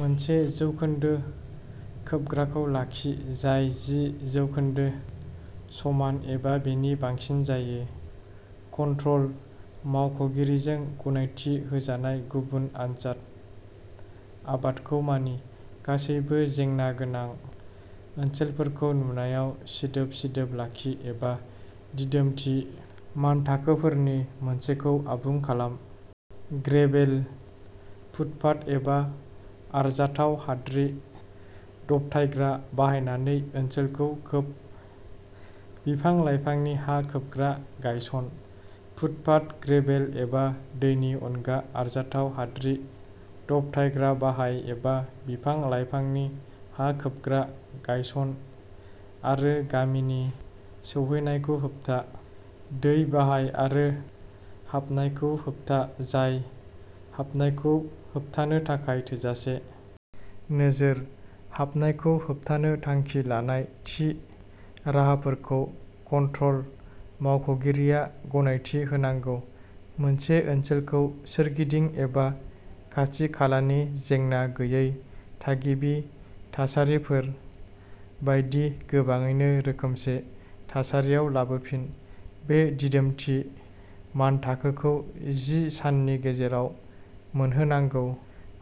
मोनसे जौखोन्दो खोबग्राखौ लाखि जाय जि जौखोन्दो समान एबा बेनि बांसिन जायो। कन्ट्रल मावख'गिरिजों गनायथि होजानाय गुबुन आनजाद आबादखौ मानि। गासैबो जेंना गोनां ओनसोलफोरखौ नुनायाव सिदोब-सिदोब लाखि एबा दिदोमथि मानथाखोफोरनि मोनसेखौ आबुं खालाम। ग्रेभेल, फुटपाथ, एबा आरजाथाव हाद्रि दबथायग्रा बाहायनानै ओनसोलखौ खोब। बिफां-लाइफांनि हा खोबग्रा गायसन। फुटपाथ, ग्रेभेल एबा दैनि अनगा आरजाथाव हाद्रि दबथायग्रा बाहाय एबा बिफां-लाइफांनि हा खोबग्रा गायस'न आरो गामिनि सौहैनायखौ होबथा। दै बाहाय आरो हाबनायखौ होबथा जाय हाबनायखौ होबथानो थाखाय थोजासे। नोजोरः हाबनायखौ होबथानो थांखि लानाय थि राहाफोरखौ कन्ट्रल मावख'गिरिया गनायथि होनांगौ। मोनसे ओनसोलखौ सोरगिदिं एबा खाथि-खालानि जेंना गैयै थागिबि थासारिफोर बायदि गोबाङैनो रोखोमसे थासारियाव लाबोफिन। बे दिदोमथि मानथाखोखौ जि साननि गेजेराव मोनहोनांगौ।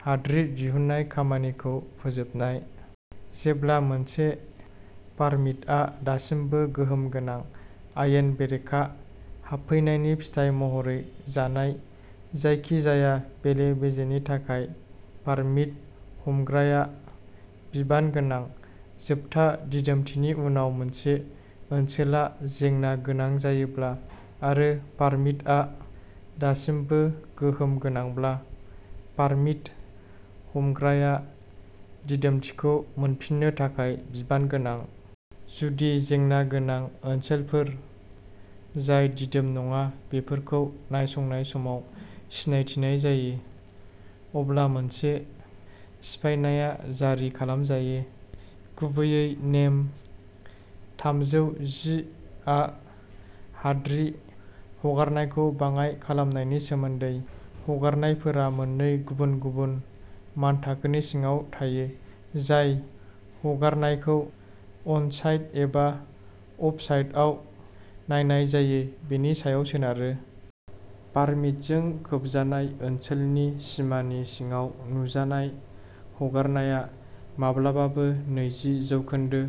हाद्रि दिहुन्नाय खामानिखौ फोजोबनाय। जेब्ला मोनसे पारमिटआ दासिमबो गोहोम गोनां, आयेन बेरेखा हाबफैनायनि फिथाय महरै जानाय जायखिजाया बेले-बेजेनि थाखाय पारमिट हमग्राया बिबान गोनां। जोबथा दिदोमथिनि उनाव मोनसे ओनसोला जेंना गोनां जायोब्ला आरो पारमिटआ दासिमबो गोहोम गोनांब्ला, पारमिट हमग्राया दिदोमथिखौ मोनफिननो थाखाय बिबान गोनां। जुदि जेंना गोनां ओनसोलफोर जाय दिदोम नङा बेफोरखौ नायसंनाय समाव सिनायथिनाय जायो, अब्ला मोनसे सिफायनाया जारि खालामजायो। गुबैयै, नेम थामजौ जि आ हाद्रि हगारनायखौ बाङाइ खालामनायनि सोमोन्दै। हगारनायफोरा मोननै गुबुन-गुबुन मानथाखोनि सिङाव थायो, जाय हगारनायखौ अनसाइट एबा अफ-साइटआव नायनाय जायो बेनि सायाव सोनारो। पारमिटजों खोबजानाय ओनसोलनि सिमानि सिङाव, नुजानाय हगारनाया माब्लाबाबो नैजि जौखोन्दो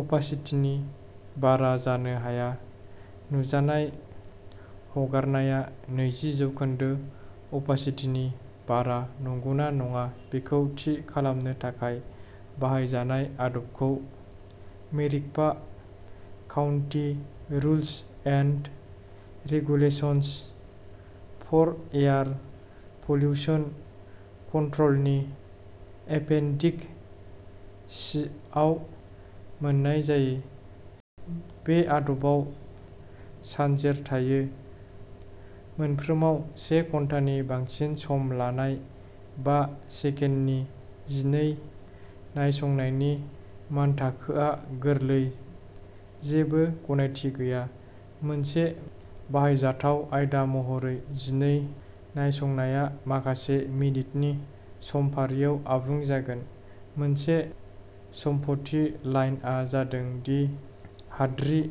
अपासिटिनि बारा जानो हाया। नुजानाय हगारनाया नैजि जौखोन्दो अपासिटिनि बारा नंगौना नङा बेखौ थि खालामनो थाखाय बाहायजानाय आदबखौ Maricopa county rules and regulations for air pollution कन्ट्र'लनि एपेनडिक सि आव मोन्नाय जायो। बे आदबाव सानजेर थायो। मोनफ्रोमाव से घन्टानि बांसिन सम लानाय बा सेकेन्डनि जिनै नायसंनायनि मानथाखोआ गोरलै जेबो गनायथि गैया। मोनसे बाहायजाथाव आयदा महरै जिनै नायसंनाया माखासे मिनिटनि समफारियाव आबुं जागोन। मोनसे सम्पथि लाइनआ जादों दि हाद्रि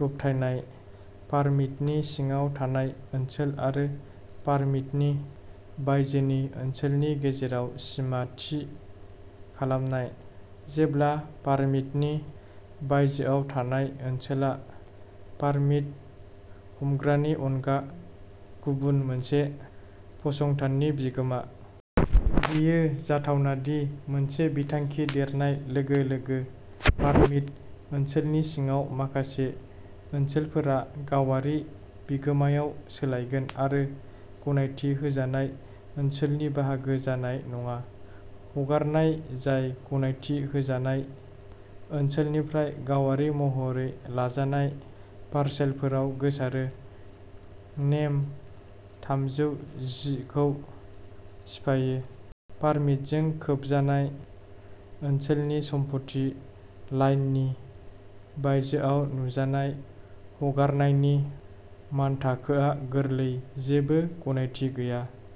दबथायनाय पारमिटनि सिङाव थानाय ओनसोल आरो पारमिटनि बायजोनि ओनसोलनि गेजेराव सिमा थि खालामनाय, जेब्ला पारमिटनि बायजोआव थानाय ओनसोला पारमिट हमग्रानि अनगा गुबुन मोनसे फसंथाननि बिगोमा। बेयो जाथावना दि, मोनसे बिथांखि देरनाय लोगो-लोगो, पारमिट ओनसोलनि सिङाव माखासे ओनसोलफोरा गावारि बिगोमायाव सोलायगोन आरो गनायथि होजानाय ओनसोलनि बाहागो जानाय नङा। हगारनाय जाय गनायथि होजानाय ओनसोलनिफ्राय गावारि महरै लाजानाय पारसेलफोराव गोसारो, नेम थामजौ जि खौ सिफायो। पारमिटजों खोबजानाय ओनसोलनि सम्पथि लाइननि बायजोआव नुजानाय हगारनायनि मानथाखोआ गोरलै जेबो गनायथि गैया।